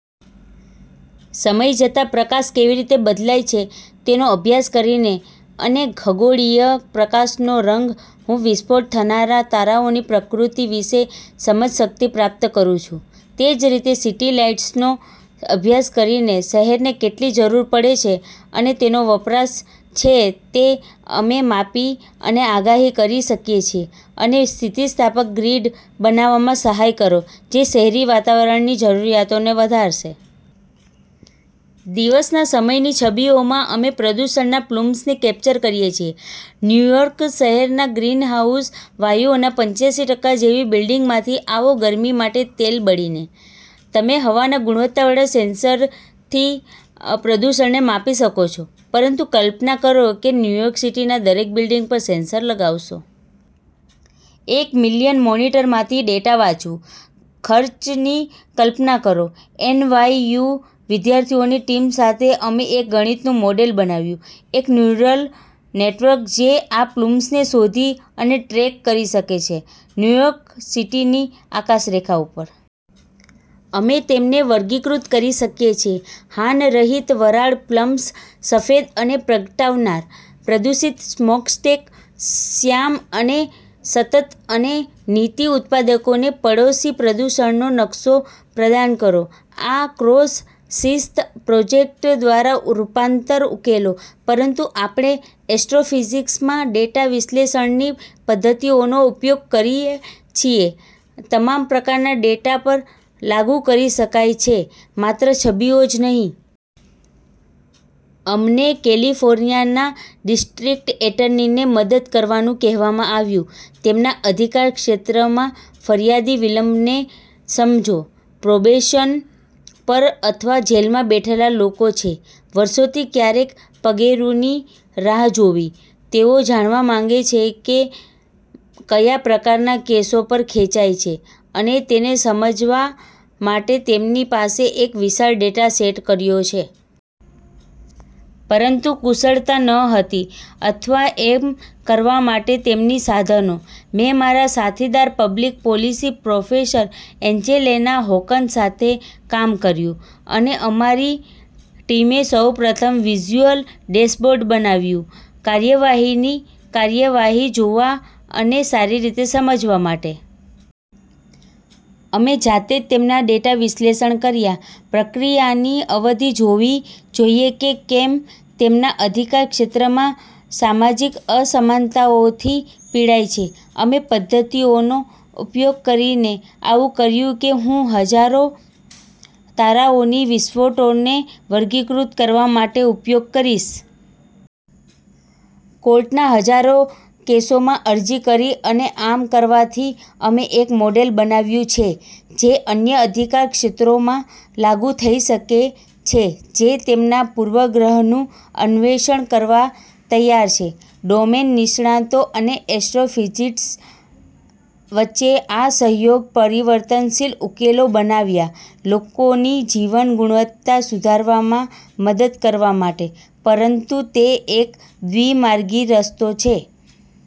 સમય જતાં પ્રકાશ કેવી રીતે બદલાય છે તેનો અભ્યાસ કરીને અને ખગોળીય પ્રકાશનો રંગ, હું વિસ્ફોટ થનારા તારાઓની પ્રકૃતિ વિશે સમજશક્તિ પ્રાપ્ત કરું છું. તે જ રીતે સિટી લાઇટ્સનો અભ્યાસ કરીને શહેરને કેટલી જરૂર પડે છે અને તેનો વપરાશ છે તે અમે માપી અને આગાહી કરી શકીએ છીએ અને સ્થિતિસ્થાપક ગ્રીડ બનાવવામાં સહાય કરો જે શહેરી વાતાવરણની જરૂરિયાતોને વધારશે. દિવસના સમયની છબીઓમાં અમે પ્રદૂષણના પ્લુમ્સને કેપ્ચર કરીએ છીએ. ન્યુ યોર્ક શહેરમાં ગ્રીનહાઉસ વાયુઓનો પંચ્યાશી ટકા જેવી બિલ્ડિંગમાંથી આવો ગરમી માટે તેલ બળીને. તમે હવાના ગુણવત્તાવાળા સેન્સરથી પ્રદૂષણને માપી શકો છો. પરંતુ કલ્પના કરો કે ન્યૂ યોર્ક સિટીના દરેક બિલ્ડિંગ પર સેન્સર લગાવશો. એક મિલિયન મોનિટરમાંથી ડેટા વાંચવું. ખર્ચની કલ્પના કરો. એનવાયયુ વિદ્યાર્થીઓની ટીમ સાથે અમે એક ગણિતનું મોડેલ બનાવ્યું. એક ન્યુરલ નેટવર્ક જે આ પ્લુમ્સને શોધી અને ટ્રેક કરી શકે છે ન્યૂ યોર્ક સિટીની આકાશરેખા ઉપર. અમે તેમને વર્ગીકૃત કરી શકીએ છીએ. હાનરહિત વરાળ પ્લમ્સ, સફેદ અને પ્રગટાવનાર; પ્રદૂષિત સ્મોકસ્ટેક, શ્યામ અને સતત અને નીતિ ઉત્પાદકોને પડોશી પ્રદૂષણનો નકશો પ્રદાન કરો. આ ક્રોસ-શિસ્ત પ્રોજેક્ટ દ્વારા રૂપાંતર ઉકેલો. પરંતુ આપણે એસ્ટ્રોફિઝિક્સમાં ડેટા વિશ્લેષણની પદ્ધતિઓનો ઉપયોગ કરીએ છીએ તમામ પ્રકારના ડેટા પર લાગુ કરી શકાય છે, માત્ર છબીઓ જ નહીં. અમને કેલિફોર્નિયાના ડિસ્ટ્રિક્ટ એટર્નીને મદદ કરવાનું કહેવામાં આવ્યું. તેમના અધિકારક્ષેત્રમાં ફરિયાદી વિલંબને સમજો. પ્રોબેશન પર અથવા જેલમાં બેઠેલા લોકો છે, વર્ષોથી ક્યારેક પગેરુંની રાહ જોવી. તેઓ જાણવા માગે છે કે કયા પ્રકારનાં કેસો પર ખેંચાય છે અને તેને સમજવા માટે તેમની પાસે એક વિશાળ ડેટા સેટ કર્યો હતો. પરંતુ કુશળતા ન હતી અથવા એમ કરવા માટે તેમની સાધનો. મેં મારા સાથીદાર public policy professor Angela Hawken સાથે કામ કર્યું, અને અમારી ટીમે સૌ પ્રથમ વિઝ્યુઅલ ડેશબોર્ડ બનાવ્યું કાર્યવાહીની કાર્યવાહી જોવા અને સારી રીતે સમજવા માટે. અમે જાતે જ તેમના ડેટા વિશ્લેષણ કર્યા. પ્રક્રિયાની અવધિ જોવી જોઈએ કે કેમ તેમના અધિકારક્ષેત્રમાં સામાજિક અસમાનતાઓથી પીડાય છે. અમે પદ્ધતિઓનો ઉપયોગ કરીને આવું કર્યું કે હું હજારો તારાઓની વિસ્ફોટોને વર્ગીકૃત કરવા માટે ઉપયોગ કરીશ. કોર્ટના હજારો કેસોમાં અરજી કરી અને આમ કરવાથી અમે એક મોડેલ બનાવ્યું છે જે અન્ય અધિકારક્ષેત્રોમાં લાગુ થઈ શકે છે જે તેમના પૂર્વગ્રહનું અન્વેષણ કરવા તૈયાર છે. ડોમેન નિષ્ણાતો અને એસ્ટ્રોફિઝિસ્ટ્સ વચ્ચે આ સહયોગ પરિવર્તનશીલ ઉકેલો બનાવ્યાં લોકોની જીવન ગુણવત્તા સુધારવામાં મદદ કરવા માટે. પરંતુ તે એક દ્વિમાર્ગી રસ્તો છે.